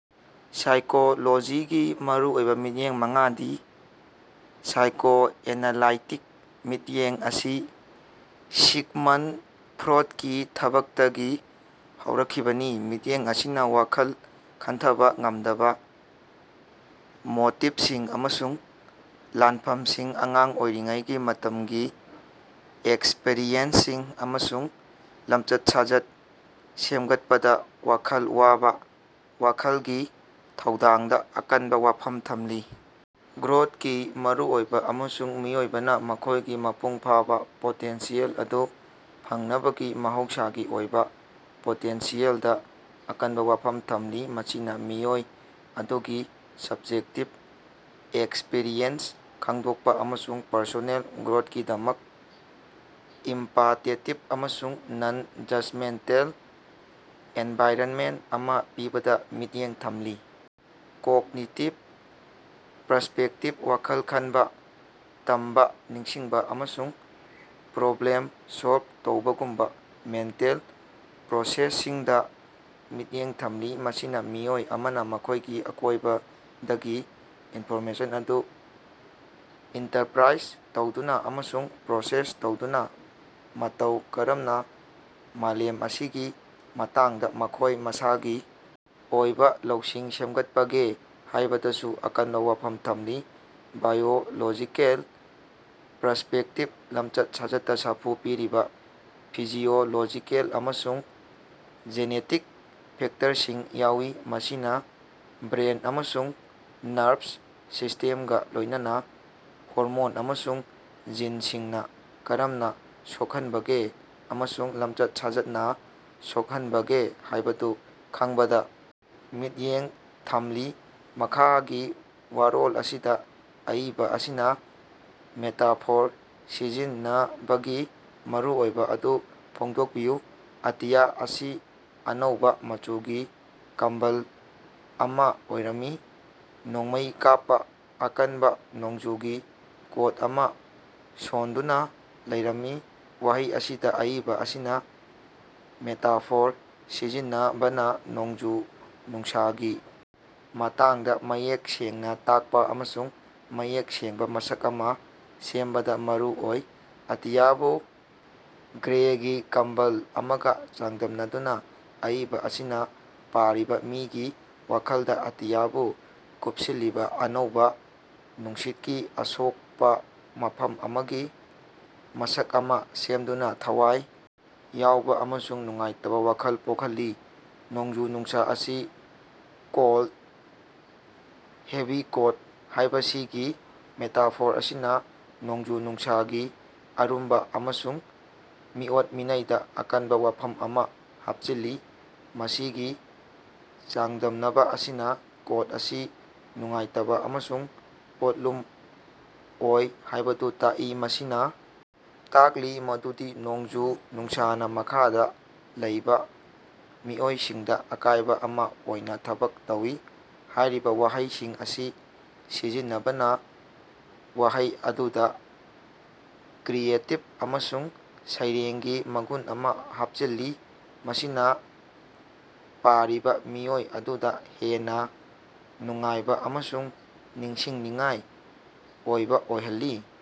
ꯁꯥꯏꯀꯣꯂꯣꯖꯤꯒꯤ ꯃꯔꯨꯑꯣꯏꯕ ꯃꯤꯠꯌꯦꯡ ꯃꯉꯥꯗꯤ: ꯁꯥꯏꯀꯣꯑꯦꯅꯥꯂꯥꯏꯇꯤꯛ ꯃꯤꯠꯌꯦꯡ ꯑꯁꯤ ꯁꯤꯒꯃꯟꯗ ꯐ꯭ꯔꯣꯗꯀꯤ ꯊꯕꯛꯇꯒꯤ ꯍꯧꯔꯛꯈꯤꯕꯅꯤ, ꯃꯤꯠꯌꯦꯡ ꯑꯁꯤꯅ ꯋꯥꯈꯜ ꯈꯟꯊꯕ ꯉꯝꯗꯕ ꯃꯣꯇꯤꯕꯁꯤꯡ ꯑꯃꯁꯨꯡ ꯂꯥꯟꯐꯝꯁꯤꯡ, ꯑꯉꯥꯡ ꯑꯣꯏꯔꯤꯉꯩꯒꯤ ꯃꯇꯝꯒꯤ ꯑꯦꯛꯁꯄꯔꯤꯌꯦꯟꯁꯁꯤꯡ, ꯑꯃꯁꯨꯡ ꯂꯝꯆꯠ-ꯁꯥꯖꯠ ꯁꯦꯝꯒꯠꯄꯗ ꯋꯥꯈꯜ ꯋꯥꯕ ꯋꯥꯈꯜꯒꯤ ꯊꯧꯗꯥꯡꯗ ꯑꯀꯟꯕ ꯋꯥꯐꯝ ꯊꯝꯂꯤ꯫ ꯒ꯭ꯔꯣꯊꯀꯤ ꯃꯔꯨꯑꯣꯏꯕ, ꯑꯃꯁꯨꯡ ꯃꯤꯑꯣꯏꯕꯅ ꯃꯈꯣꯏꯒꯤ ꯃꯄꯨꯡ ꯐꯥꯕ ꯄꯣꯇꯦꯟꯁꯤꯌꯦꯜ ꯑꯗꯨ ꯐꯪꯅꯕꯒꯤ ꯃꯍꯧꯁꯥꯒꯤ ꯑꯣꯏꯕ ꯄꯣꯇꯦꯟꯁꯤꯌꯦꯜꯗ ꯑꯀꯟꯕ ꯋꯥꯐꯝ ꯊꯝꯂꯤ꯫ ꯃꯁꯤꯅ ꯃꯤꯑꯣꯏ ꯑꯗꯨꯒꯤ ꯁꯕ꯭ꯖꯦꯛꯇꯤꯕ ꯑꯦꯛꯁꯄꯤꯔꯤꯑꯦꯟꯁꯁꯤꯡ ꯈꯪꯗꯣꯛꯄ ꯑꯃꯁꯨꯡ ꯄꯔꯁꯣꯅꯦꯜ ꯒ꯭ꯔꯣꯊꯀꯤꯗꯃꯛ ꯏꯝꯄꯥꯇꯦꯇꯤꯕ ꯑꯃꯁꯨꯡ ꯅꯟ-ꯖꯖꯃꯦꯟꯇꯦꯜ ꯑꯦꯟꯚꯥꯏꯔꯅꯃꯦꯟꯇ ꯑꯃ ꯄꯤꯕꯗ ꯃꯤꯠꯌꯦꯡ ꯊꯝꯂꯤ꯫ ꯀꯣꯒꯅꯤꯇꯤꯕ ꯄꯔꯁ꯭ꯄꯦꯛꯇꯤꯕ ꯋꯥꯈꯜ ꯈꯟꯕ, ꯇꯝꯕ, ꯅꯤꯡꯁꯤꯡꯕ, ꯑꯃꯁꯨꯡ ꯄ꯭ꯔꯣꯕ꯭ꯂꯦꯝ ꯁꯣꯜꯕ ꯇꯧꯕꯒꯨꯝꯕ ꯃꯦꯟꯇꯦꯜ ꯄ꯭ꯔꯣꯁꯦꯁꯁꯤꯡꯗ ꯃꯤꯠꯌꯦꯡ ꯊꯝꯂꯤ꯫ ꯃꯁꯤꯅ ꯃꯤꯑꯣꯏ ꯑꯃꯅ ꯃꯈꯣꯏꯒꯤ ꯑꯀꯣꯏꯕꯗꯒꯤ ꯏꯟꯐꯣꯔꯃꯦꯁꯟ ꯑꯗꯨ ꯏꯟꯇꯔꯄ꯭ꯔꯥꯏꯖ ꯇꯧꯗꯨꯅ ꯑꯃꯁꯨꯡ ꯄ꯭ꯔꯣꯁꯦꯁ ꯇꯧꯗꯨꯅ ꯃꯇꯧ ꯀꯔꯝꯅ ꯃꯥꯂꯦꯝ ꯑꯁꯤꯒꯤ ꯃꯇꯥꯡꯗ ꯃꯈꯣꯏ ꯃꯁꯥꯒꯤ ꯑꯣꯏꯕ ꯂꯧꯁꯤꯡ ꯁꯦꯝꯒꯠꯄꯒꯦ ꯍꯥꯏꯕꯗꯨꯗ ꯑꯀꯟꯕ ꯋꯥꯐꯝ ꯊꯝꯂꯤ꯫ ꯕꯥꯏꯑꯣꯂꯣꯖꯤꯀꯦꯜ ꯄꯔꯁ꯭ꯄꯦꯛꯇꯤꯚ ꯂꯝꯆꯠ-ꯁꯥꯖꯠꯇ ꯁꯥꯐꯨ ꯄꯤꯔꯤꯕ ꯐꯤꯖꯤꯑꯣꯂꯣꯖꯤꯀꯦꯜ ꯑꯃꯁꯨꯡ ꯖꯦꯅꯦꯇꯤꯛ ꯐꯦꯛꯇꯔꯁꯤꯡ ꯌꯦꯡꯏ꯫ ꯃꯁꯤꯅ ꯕ꯭ꯔꯦꯟ ꯑꯃꯁꯨꯡ ꯅꯔꯚꯁ ꯁꯤꯁꯇꯦꯝꯒ ꯂꯣꯏꯅꯅ ꯍꯣꯔꯃꯣꯟ ꯑꯃꯁꯨꯡ ꯖꯤꯟꯁꯤꯡꯅ ꯀꯔꯝꯅ ꯁꯣꯛꯍꯟꯕꯒꯦ ꯑꯃꯁꯨꯡ ꯂꯝꯆꯠ-ꯁꯥꯖꯠꯅ ꯁꯣꯛꯍꯟꯕꯒꯦ ꯍꯥꯏꯕꯗꯨ ꯈꯪꯕꯗ ꯃꯤꯠꯌꯦꯡ ꯊꯝꯂꯤ꯫ ꯃꯈꯥꯒꯤ ꯋꯥꯔꯣꯜ ꯑꯁꯤꯗ ꯑꯏꯕ ꯑꯁꯤꯅ ꯃꯦꯇꯥꯐꯣꯔ ꯁꯤꯖꯤꯟꯅꯕꯒꯤ ꯃꯔꯨꯑꯣꯏꯕ ꯑꯗꯨ ꯐꯣꯡꯗꯣꯛꯄꯤꯌꯨ꯫ "ꯑꯇꯤꯌꯥ ꯑꯁꯤ ꯑꯅꯧꯕ ꯃꯆꯨꯒꯤ ꯀꯝꯕꯜ ꯑꯃ ꯑꯣꯏꯔꯝꯃꯤ, ꯅꯣꯡꯃꯩ ꯀꯥꯞꯄ, ꯑꯀꯟꯕ ꯅꯣꯡꯖꯨꯒꯤ ꯀꯣꯠ ꯑꯃ ꯁꯣꯟꯗꯨꯅ ꯂꯩꯔꯝꯃꯤ꯫"ꯋꯥꯍꯩ ꯑꯁꯤꯗ ꯑꯏꯕ ꯑꯁꯤꯅ ꯃꯦꯇꯥꯐꯣꯔ ꯁꯤꯖꯤꯟꯅꯕꯅ ꯅꯣꯡꯖꯨ-ꯅꯨꯡꯁꯥꯒꯤ ꯃꯇꯥꯡꯗ ꯃꯌꯦꯛ ꯁꯦꯡꯅ ꯇꯥꯛꯄ ꯑꯃꯁꯨꯡ ꯃꯌꯦꯛ ꯁꯦꯡꯕ ꯃꯁꯛ ꯑꯃ ꯁꯦꯝꯕꯗ ꯃꯔꯨ ꯑꯣꯏ꯫ ꯑꯇꯤꯌꯥꯕꯨ "ꯒ꯭ꯔꯦꯒꯤ ꯀꯝꯕꯜ" ꯑꯃꯒ ꯆꯥꯡꯗꯝꯅꯗꯨꯅ ꯑꯏꯕ ꯑꯁꯤꯅ ꯄꯥꯔꯤꯕ ꯃꯤꯒꯤ ꯋꯥꯈꯜꯗ ꯑꯇꯤꯌꯥꯕꯨ ꯀꯨꯞꯁꯤꯜꯂꯤꯕ ꯑꯅꯧꯕ ꯅꯨꯡꯁꯤꯠꯀꯤ ꯑꯁꯣꯛꯄ ꯃꯐꯝ ꯑꯃꯒꯤ ꯃꯁꯛ ꯑꯃ ꯁꯦꯝꯗꯨꯅ, ꯊꯋꯥꯏ ꯌꯥꯎꯕ ꯑꯃꯁꯨꯡ ꯅꯨꯡꯉꯥꯏꯇꯕ ꯋꯥꯈꯜ ꯄꯣꯛꯍꯜꯂꯤ꯫ ꯅꯣꯡꯖꯨ-ꯅꯨꯡꯁꯥ ꯑꯁꯤ "ꯀꯣꯜꯗ, ꯍꯦꯚꯤ ꯀꯣꯠ" ꯍꯥꯏꯕꯁꯤꯒꯤ ꯃꯦꯇꯥꯐꯣꯔ ꯑꯁꯤꯅ ꯅꯣꯡꯖꯨ-ꯅꯨꯡꯁꯥꯒꯤ ꯑꯔꯨꯝꯕ ꯑꯃꯁꯨꯡ ꯃꯤꯑꯣꯠ-ꯃꯤꯅꯩꯗ ꯑꯀꯟꯕ ꯋꯥꯐꯝ ꯑꯃ ꯍꯥꯞꯆꯤꯜꯂꯤ꯫ ꯃꯁꯤꯒꯤ ꯆꯥꯡꯗꯝꯅꯕ ꯑꯁꯤꯅ ꯀꯣꯠ ꯑꯁꯤ ꯅꯨꯡꯉꯥꯏꯇꯕ ꯑꯃꯁꯨꯡ ꯄꯣꯠꯂꯨꯝ ꯑꯣꯏ ꯍꯥꯏꯕꯁꯨ ꯇꯥꯛꯏ, ꯃꯁꯤꯅ ꯇꯥꯛꯂꯤ ꯃꯗꯨꯗꯤ ꯅꯣꯡꯖꯨ-ꯅꯨꯡꯁꯥꯅ ꯃꯈꯥꯗ ꯂꯩꯕ ꯃꯤꯑꯣꯏꯁꯤꯡꯗ ꯑꯀꯥꯏꯕ ꯑꯃ ꯑꯣꯏꯅ ꯊꯕꯛ ꯇꯧꯏ꯫ ꯍꯥꯏꯔꯤꯕ ꯋꯥꯍꯩꯁꯤꯡ ꯑꯁꯤ ꯁꯤꯖꯤꯟꯅꯕꯅ ꯋꯥꯍꯩ ꯑꯗꯨꯗ ꯀ꯭ꯔꯤꯌꯦꯇꯤꯕ ꯑꯃꯁꯨꯡ ꯁꯩꯔꯦꯡꯒꯤ ꯃꯒꯨꯟ ꯑꯃ ꯍꯥꯞꯆꯤꯜꯂꯤ, ꯃꯁꯤꯅ ꯄꯥꯔꯤꯕ ꯃꯤꯑꯣꯏ ꯑꯗꯨꯗ ꯍꯦꯟꯅ ꯅꯨꯡꯉꯥꯏꯕ ꯑꯃꯁꯨꯡ ꯅꯤꯡꯁꯤꯡꯅꯤꯡꯉꯥꯏ ꯑꯣꯏꯕ ꯑꯣꯏꯍꯜꯂꯤ꯫